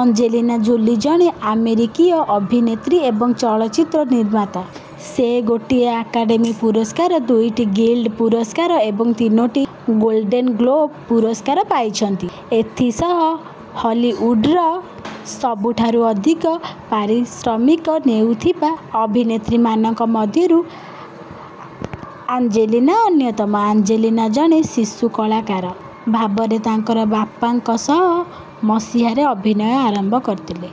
Angelina Jolie ଜଣେ ଆମେରିକୀୟ ଅଭିନେତ୍ରୀ ଏବଂ ଚଳଚ୍ଚିତ୍ର ନିର୍ମାତା। ସେ ଗୋଟିଏ ଆକାଡେମୀ ପୁରସ୍କାର, ଦୁଇଟି ଗିଲ୍ଡ ପୁରସ୍କାର ଏବଂ ତିନୋଟି ଗୋଲ୍ଡେନ ଗ୍ଲୋବ ପୁରସ୍କାର ପାଇଛନ୍ତି। ଏଥିସହ ହଲିଉଡର ସବୁଠାରୁ ଅଧିକ ପାରିଶ୍ରମିକ ନେଉଥିବା ଅଭିନେତ୍ରୀମାନଙ୍କ ମଧ୍ୟରୁ ଆଞ୍ଜେଲିନା ଅନ୍ୟତମ। ଆଞ୍ଜେଲିନା ଜଣେ ଶିଶୁ କଳାକାର ଭାବରେ ତାଙ୍କର ବାପାଙ୍କ ସହ ମସିହାରେ ଅଭିନୟ ଆରମ୍ଭ କରିଥିଲେ।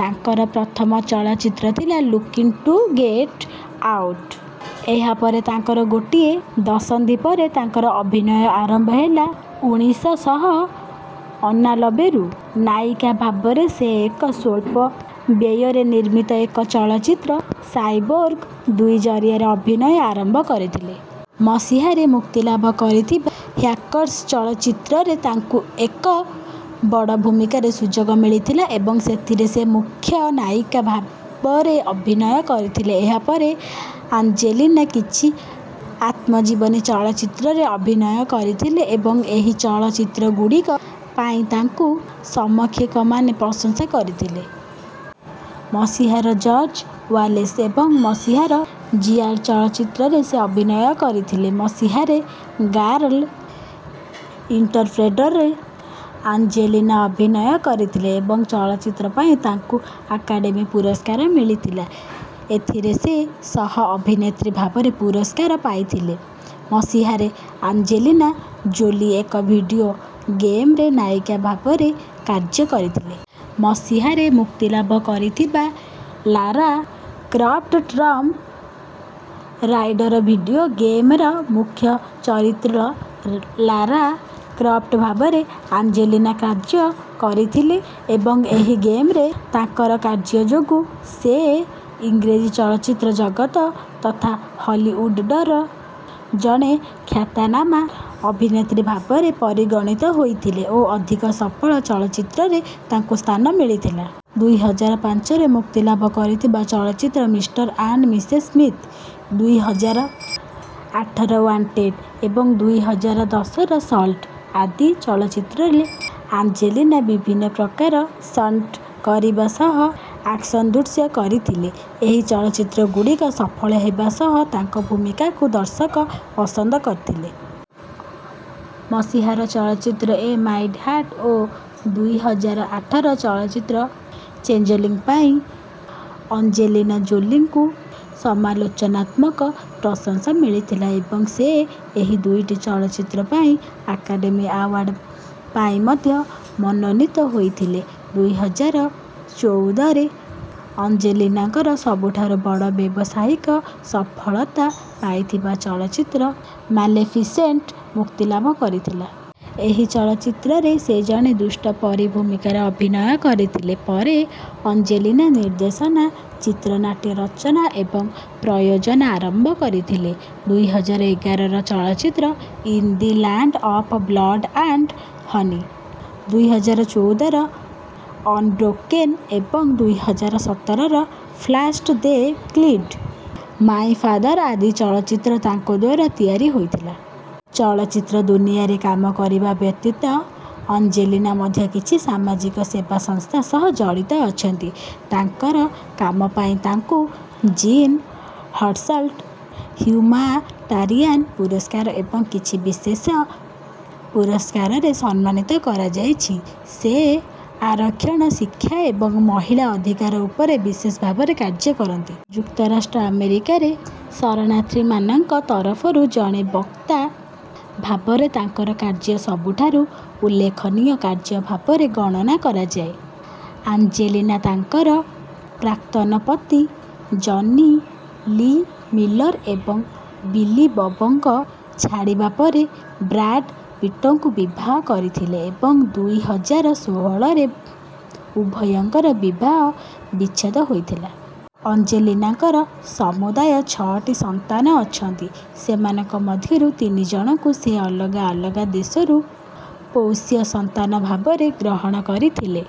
ତାଙ୍କର ପ୍ରଥମ ଚଳଚ୍ଚିତ୍ର ଥିଲା ଲୁକିନ ଟୁ ଗେଟ ଆଉଟ। ଏହା ପରେ ତାଙ୍କର ଗୋଟିଏ ଦଶନ୍ଧି ପରେ ତାଙ୍କର ଅଭିନୟ ଆରମ୍ଭ ହେଲା ଉଣିଷ ଶହ ଅନାନବେ ରୁ। ନାୟିକା ଭାବରେ ସେ ଏକ ସ୍ୱଳ୍ପ ବ୍ୟୟରେ ନିର୍ମିତ ଏକ ଚଳଚ୍ଚିତ୍ର ସାଇବୋର୍ଗ ଦୁଇ ଜରିଆରେ ଅଭିନୟ ଆରମ୍ଭ କରିଥିଲେ। ମସିହାରେ ମୁକ୍ତିଲାଭ କରିଥିବା ହ୍ୟାକର୍ସ ଚଳଚ୍ଚିତ୍ରରେ ତାଙ୍କୁ ଏକ ବଡ଼ ଭୂମିକାରେ ସୁଯୋଗ ମିଳିଥିଲା ଏବଂ ସେଥିରେ ସେ ମୁଖ୍ୟ ନାୟିକା ଭାବରେ ଅଭିନୟ କରିଥିଲେ। ଏହାପରେ ଆଞ୍ଜେଲିନା କିଛି ଆତ୍ମଜୀବନୀ ଚଳଚ୍ଚିତ୍ରରେ ଅଭିନୟ କରିଥିଲେ ଏବଂ ଏହି ଚଳଚ୍ଚିତ୍ରଗୁଡ଼ିକ ପାଇଁ ତାଙ୍କୁ ସମୀକ୍ଷକମାନେ ପ୍ରଶଂସା କରିଥିଲେ। ମସିହାର ଜର୍ଜ ୱାଲେସ ଏବଂ ମସିହାର ଜିଆ ଚଳଚ୍ଚିତ୍ରରେ ସେ ଅଭିନୟ କରିଥିଲେ। ମସିହାରେ ଗାର୍ଲ ଇଣ୍ଟରପ୍ଟେଡରେ ଆଞ୍ଜେଲିନା ଅଭିନୟ କରିଥିଲେ ଏବଂ ଚଳଚ୍ଚିତ୍ର ପାଇଁ ତାଙ୍କୁ ଆକାଡେମୀ ପୁରସ୍କାର ମିଳିଥିଲା। ଏଥିରେ ସେ ସହ-ଅଭିନେତ୍ରୀ ଭାବରେ ପୁରସ୍କାର ପାଇଥିଲେ। ମସିହାରେ ଆଞ୍ଜେଲିନା ଜୋଲି ଏକ ଭିଡିଓ ଗେମରେ ନାୟିକା ଭାବରେ କାର୍ଯ୍ୟ କରିଥିଲେ। ମସିହାରେ ମୁକ୍ତିଲାଭ କରିଥିବା Lara Croft Tomb Raider video ଗେମର ମୁଖ୍ୟ ଚରିତ୍ର ଲାରା କ୍ରଫ୍ଟ ଭାବରେ ଆଞ୍ଜେଲିନା କାର୍ଯ୍ୟ କରିଥିଲେ ଏବଂ ଏହି ଗେମରେ ତାଙ୍କର କାର୍ଯ୍ୟ ଯୋଗୁଁ ସେ ଇଂରାଜୀ ଚଳଚ୍ଚିତ୍ର ଜଗତ ତଥା ହଲିଉଡର ଜଣେ ଖ୍ୟାତାନାମା ଅଭିନେତ୍ରୀ ଭାବରେ ପରିଗଣିତ ହୋଇଥିଲେ ଓ ଅଧିକ ସଫଳ ଚଳଚ୍ଚିତ୍ରରେ ତାଙ୍କୁ ସ୍ଥାନ ମିଳିଥିଲା। ଦୁଇ ହଜାର ପାଞ୍ଚରେ ମୁକ୍ତିଲାଭ କରିଥିବା ଚଳଚ୍ଚିତ୍ର ମିଷ୍ଟର ଆଣ୍ଡ ମିସେସ ସ୍ମିଥ, ଦୁଇ ହଜାର ଆଠର ୱାଣ୍ଟେଡ ଏବଂ ଦୁଇ ହଜାର ଦଶର ସଲ୍ଟ ଆଦି ଚଳଚ୍ଚିତ୍ରରେ ଆଞ୍ଜେଲିନା ବିଭିନ୍ନ ପ୍ରକାର ଷ୍ଟଣ୍ଟ କରିବା ସହ ଆକ୍ସନ ଦୃଶ୍ୟ କରିଥିଲେ। ଏହି ଚଳଚ୍ଚିତ୍ରଗୁଡ଼ିକ ସଫଳ ହେବା ସହ ତାଙ୍କ ଭୂମିକାକୁ ଦର୍ଶକ ପସନ୍ଦ କରିଥିଲେ। ମସିହାର ଚଳଚ୍ଚିତ୍ର ଏ ମାଇଟି ହାର୍ଟ ଓ ଦୁଇ ହଜାର ଆଠର ଚଳଚ୍ଚିତ୍ର ଚେଞ୍ଜଲିଂ ପାଇଁ ଅଞ୍ଜେଲିନା ଜୋଲିଙ୍କୁ ସମାଲୋଚନାତ୍ମକ ପ୍ରଶଂସା ମିଳିଥିଲା ଏବଂ ସେ ଏହି ଦୁଇଟି ଚଳଚ୍ଚିତ୍ର ପାଇଁ ଆକାଡେମୀ ଆୱାର୍ଡ଼ ପାଇଁ ମଧ୍ୟ ମନୋନୀତ ହୋଇଥିଲେ। ଦୁଇ ହଜାର ଚୌଦରେ ଅଞ୍ଜେଲିନାଙ୍କର ସବୁଠାରୁ ବଡ଼ ବ୍ୟବସାୟିକ ସଫଳତା ପାଇଥିବା ଚଳଚ୍ଚିତ୍ର ମାଲେଫିସେଣ୍ଟ ମୁକ୍ତିଲାଭ କରିଥିଲା। ଏହି ଚଳଚ୍ଚିତ୍ରଟିରେ ସେ ଜଣେ ଦୁଷ୍ଟ ପରୀ ଭୂମିକାରେ ଅଭିନୟ କରିଥିଲେ। ପରେ ଅଞ୍ଜେଲିନା ନିର୍ଦ୍ଦେଶନା, ଚିତ୍ରନାଟ୍ୟ ରଚନା ଏବଂ ପ୍ରଯୋଜନା ଆରମ୍ଭ କରିଥିଲେ। ଦୁଇ ହଜାର ଏଗାରର ଚଳଚ୍ଚିତ୍ର in the land of blood and honey, ଦୁଇ ହଜାର ଚୌଦର ଅନବ୍ରୋକେନ ଏବଂ ଦୁଇ ହଜାର ସତରର first they killed my father ଆଦି ଚଳଚ୍ଚିତ୍ର ତାଙ୍କ ଦ୍ୱାରା ତିଆରି ହୋଇଥିଲା। ଚଳଚ୍ଚିତ୍ର ଦୁନିଆରେ କାମ କରିବା ବ୍ୟତୀତ ଅଞ୍ଜେଲିନା ମଧ୍ୟ କିଛି ସାମାଜିକ ସେବା ସଂସ୍ଥା ସହ ଜଡ଼ିତ ଅଛନ୍ତି। ତାଙ୍କର କାମ ପାଇଁ ତାଙ୍କୁ ଜୀନ ହର୍ସଲ୍ଟ ହ୍ୟୁମାନିଟାରିଆନ ପୁରସ୍କାର ଏବଂ କିଛି ବିଶେଷ ପୁରସ୍କାରରେ ସମ୍ମାନିତ କରାଯାଇଛି। ସେ ଆରକ୍ଷଣ, ଶିକ୍ଷା ଏବଂ ମହିଳା ଅଧିକାର ଉପରେ ବିଶେଷ ଭାବରେ କାର୍ଯ୍ୟ କରନ୍ତି। ଯୁକ୍ତରାଷ୍ଟ୍ର ଆମେରିକାରେ ଶରଣାର୍ଥୀମାନଙ୍କ ତରଫରୁ ଜଣେ ବକ୍ତା ଭାବରେ ତାଙ୍କର କାର୍ଯ୍ୟ ସବୁଠାରୁ ଉଲ୍ଲେଖନୀୟ କାର୍ଯ୍ୟ ଭାବରେ ଗଣନା କରାଯାଏ। ଆଞ୍ଜେଲିନା ତାଙ୍କର ପ୍ରାକ୍ତନ ପତି ଜନି ଲୀ ମିଲର ଏବଂ ବିଲି ବବଙ୍କୁ ଛାଡ଼ିବା ପରେ ବ୍ରାଡ ପିଟଙ୍କୁ ବିବାହ କରିଥିଲେ ଏବଂ ଦୁଇ ହଜାର ଷୋହଳରେ ଉଭୟଙ୍କର ବିବାହ ବିଚ୍ଛେଦ ହୋଇଥିଲା। ଅଞ୍ଜେଲିନାଙ୍କର ସମୁଦାୟ ଛଅଟି ସନ୍ତାନ ଅଛନ୍ତି, ସେମାନଙ୍କ ମଧ୍ୟରୁ ତିନି ଜଣଙ୍କୁ ସେ ଅଲଗା ଅଲଗା ଦେଶରୁ ପୋଷ୍ୟ ସନ୍ତାନ ଭାବରେ ଗ୍ରହଣ କରିଥିଲେ।